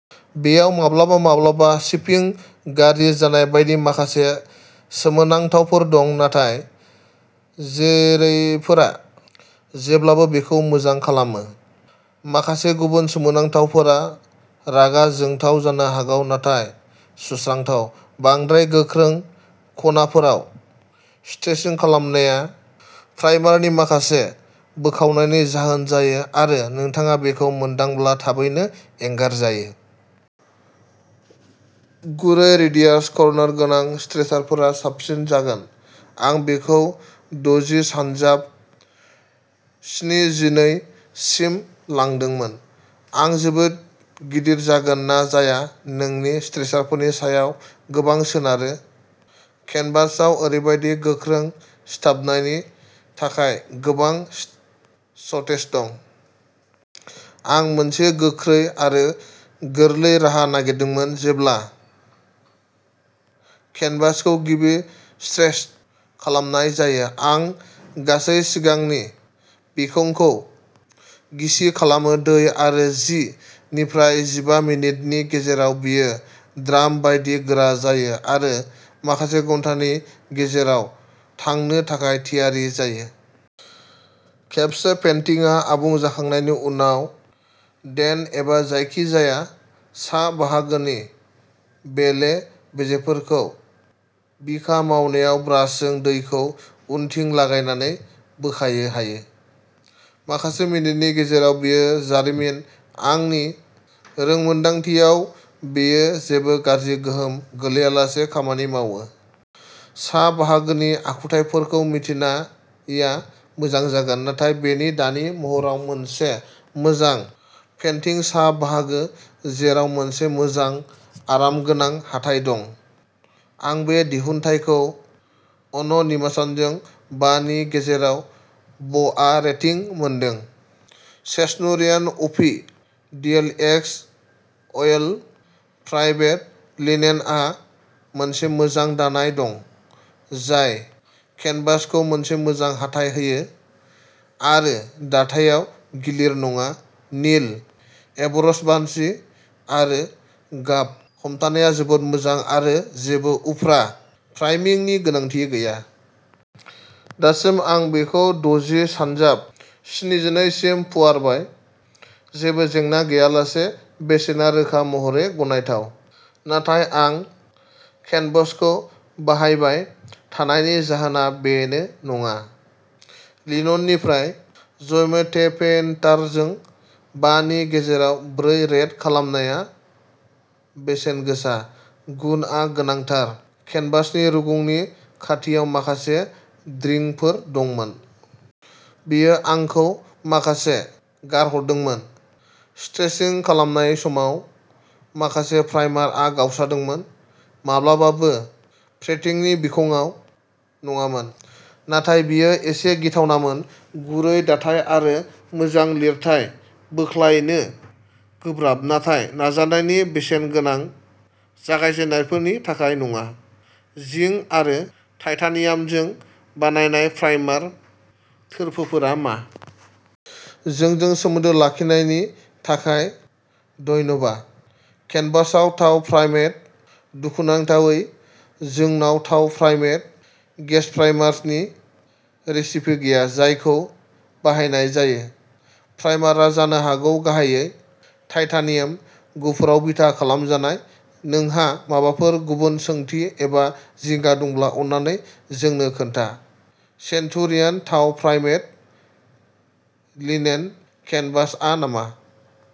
बेयाव माब्लाबा-माब्लाबा शिपिं गाज्रि जानाय बायदि माखासे सोमोनांथावफोर दं, नाथाय जेरैफोरा जेब्लाबो बेखौ मोजां खालामो। माखासे गुबुन सोमोनांथावफोरा रागा जोंथाव जानो हागौ नाथाय सुस्रांथाव। बांद्राय गोख्रों खनाफोराव स्ट्रेचिं खालामनाया प्राइमारनि माखासे बोखावनायनि जाहोन जायो आरो नोंथाङा बेखौ मोनदांब्ला थाबैनो एंगारजायो। गुरै रेडियास कर्नार गोनां स्ट्रेचारफोरा साबसिन जागोन। आं बेखौ दजि सानजाब स्निजिनै सिम लादोंमोन आं जोबोद गिदिर जागोन ना जाया नोंनि स्ट्रेचारफोरनि सायाव गोबां सोनारो। केनभासआव ओरैबादि गोख्रों सिथाबनायनि थाखाय गोबां सटेस च दं। आं मोनसे गोख्रै आरो गोरलै राहा नागिरदोंमोन जेब्ला केनभासखौ गिबि स्ट्रेच खालामनाय जायो, आं गासै सिगांनि बिखंखौ गिसि खालामो। दै आरो जि निफ्राय जिबा मिनिटनि गेजेराव बेयो ड्राम बायदि गोरा जायो आरो माखासे घन्टानि गेजेराव थांनो थाखाय थियारि जायो। खेबसे पेन्टिंआ आबुं जाखांनायनि उनाव डेन्ट एबा जायखिजाया सा बाहागोनि बेले बेजेफोरखौ बिखा मावनायाव ब्रासजों दैखौ उनथिं लागायनानै बोखायो हायो। माखासे मिनिटनि गेजेराव बेयो जारिमिन। आंनि रोंमोन्दांथियाव बेयो जेबो गाज्रि गोहोम गैयालासे खामानि मावो। सा बाहागोनि आखुथायफोरखौ मिथिनाया मोजां जागोन, नाथाय बेनि दानि महराव मोनसे मोजां पेन्टिं सा बाहागो जेराव मोनसे मोजां आरामगोनां हाथाइ दं। आं बे दिहुनथायखौ अन'निमासजों बा नि गेजेराव बआ रेटिं मोनदों। सेस्नुरियान अपि डिएलएक्स अइल प्राइम्ड लिनेनहा मोनसे मोजां दानाय दं जाय केनभासखौ मोनसे मोजां हाथाइ होयो आरो दाथायाव गिलिर नङा निल एबजर्बान्सि आरो गाब हमथानायआ जोबोद मोजां आरो जेबो उफ्रा प्राइमिंनि गोनांथि गैया। दासिम आं बेखौ दजि सानजाब स्निजिनै सिम फुवारबाय। जेबो जेंना गैयालासेनो बेसेना रोखा महरै गनायथाव, नाथाय आं केनभासखौ बाहायबाय थानायनि जाहोना बेनो नङा, लिनननिफ्राय जाइमेथेपेन्टारजों बा नि गेजेराव ब्रै रेट खालामनायआ बेसेन गोसा, गुनआ गोनांथार केनभासआ रुगुंनि खाथियाव माखासे दिंफोर दंमोन। बेयो आंखौ माखासे गारहरदोंमोन। स्ट्रेचिं खालामनाय समाव, माखासे प्राइमारआ गावस्रादोंमोन, माब्लाबाबो पेन्टिंनि बिखंआव नङामोन, नाथाय बेयो एसे गिथावमोन। गुरै दाथाय आरो मोजां लिरथाय, बोख्लायनो गोब्राब नाथाय नाजानायनि बेसेन गोनां। जागायजेन्नायफोरनि थाखाय नङा। जिंक आरो टाइटेनियामजों बानायनाय प्राइमार थोरफोफोरा मा? जोंजों सोमोन्दो लाखिनायनि थाखाय धन्यबा। केनभासआ थाव प्राइमेड, दुखुनांथावै, जोंनाव थाव प्राइमेड गेस'प्राइमारनि रेसिपि गैया जायखौ बाहायनाय जायो। प्राइमारआ जानो हागौ गाहायै टाइटेनियाम गुफुराव बिथा खालामजानाय। नोंहा माबाफोर गुबुन सोंथि एबा जिंगा दंब्ला अन्नानै जोंनो खोन्था। सेन्टुरियन थाव प्राइमेड लिनेन केनभासआ नामा?